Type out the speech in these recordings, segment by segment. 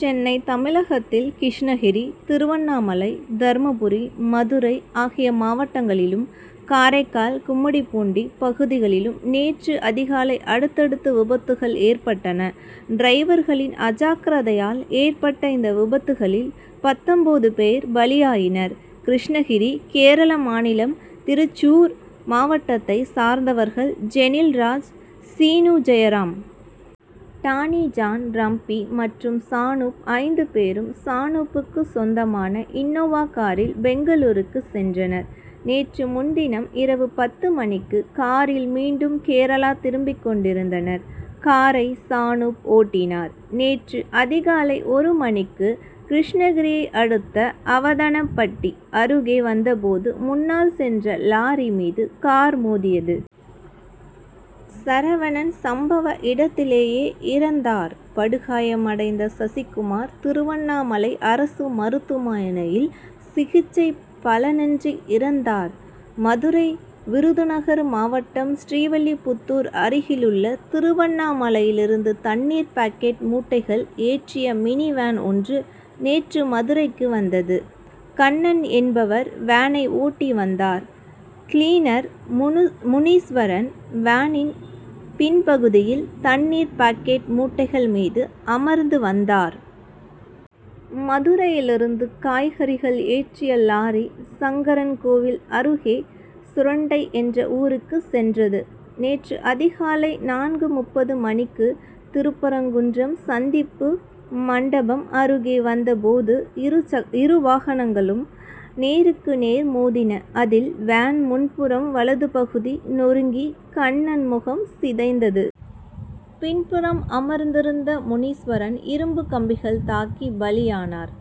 சென்னை தமிழகத்தில் கிருஷ்ணகிரி திருவண்ணாமலை தர்மபுரி மதுரை ஆகிய மாவட்டங்களிலும் காரைக்கால் கும்மிடிப்பூண்டி பகுதிகளிலும் நேற்று அதிகாலை அடுத்தடுத்து விபத்துக்கள் ஏற்பட் டன. டிரைவர்களின் அஜாக்கிரதையால் ஏற்பட்ட இந்த விபத்துக்களில் பத்தொன்பது பேர் பலியாயினர். கிருஷ்ணகிரி கேரள மாநிலம் திருச்சூர் மாவட்டத்தைச் சார்ந்தவர்கள் ஜெனில்ராஜ் சீனுஜெயராம். டானி ஜான் ரப்பி மற்றும் சானூப். ஐந்து பேரும் சானூப்புக்கு சொந்தமான இன்னோவா காரில் பெங்களூரு சென்றனர். நேற்று முன்தினம் இரவு பத்து மணிக்கு காரில் மீண்டும் கேரளா திரும்பிக் கொண்டிருந்தனர். காரை சானூப் ஓட்டினார். நேற்று அதிகாலை ஒரு மணிக்கு கிருஷ்ணகிரியை அடுத்த அவதானபட்டி அருகே வந்த போது முன்னால் சென்ற லாரி மீது கார் மோதியது. சரவணன் சம்பவ இடத்திலேயே இறந்தார். படுகாயமடைந்த சசிகுமார் திருவண்ணாமலை அரசு மருத்துவமனையில் சிகிச்சை பலனின்றி இறந்தார். மதுரை விருதுநகர் மாவட்டம் ஸ்ரீவில்லிபுத்தூர் அருகிலுள்ள திருவண்ணாமலையிலிருந்து தண்ணீர் பாக்கெட் மூட்டைகள் ஏற்றிய மினிவேன் ஒன்று நேற்று மதுரைக்கு வந்தது. கண்ணன் என்பவர் வேனை ஓட்டி வந்தார். கிளீனர் முனீஸ்வரன் வேனின் பின்பகுதியில் தண்ணீர் பாக்கெட் மூட்டைகள் மீது அமர்ந்து வந்தார். மதுரையிலிருந்து காய்கறிகள் ஏற்றிய லாரி சங்கரன்கோவில் அருகே சுரண்டை என்ற ஊருக்கு சென்றது. நேற்று அதிகாலை நான்கு முப்பது மணிக்கு திருப்பரங்குன்றம் சந்திப்பு மண்டபம் அருகே வந்த போது இரு வாகனங்களும் நேருக்கு நேர் மோதின. அதில் வேன் முன்புறம் வலதுபகுதி நொறுங்கி கண்ணன் முகம் சிதைந்தது. பின்புறம் அமர்ந்திருந்த முனீஸ்வரன் இரும்பு கம்பிகள் தாக்கி பலியானர்.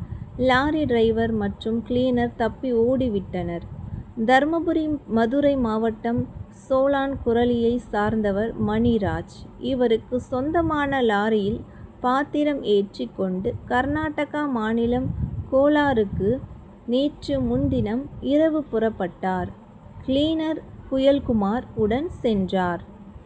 லாரி டிரைவர் மற்றும் கிளீனர் தப்பி ஓடிவிட்டனர். தர்மபுரி மதுரை மாவட்டம் சோழான்குரலியை சார்ந்தவர் மணிராஜ். இவருக்கு சொந்தமான லாரியில் பாத்திரம் ஏற்றி கொண்டு கர்நாடக மாநிலம் கோலாருக்கு நேற்று முன்தினம் இரவு புறப்பட்டார். கிளீனர் புயல்குமார் உடன் சென்றார்.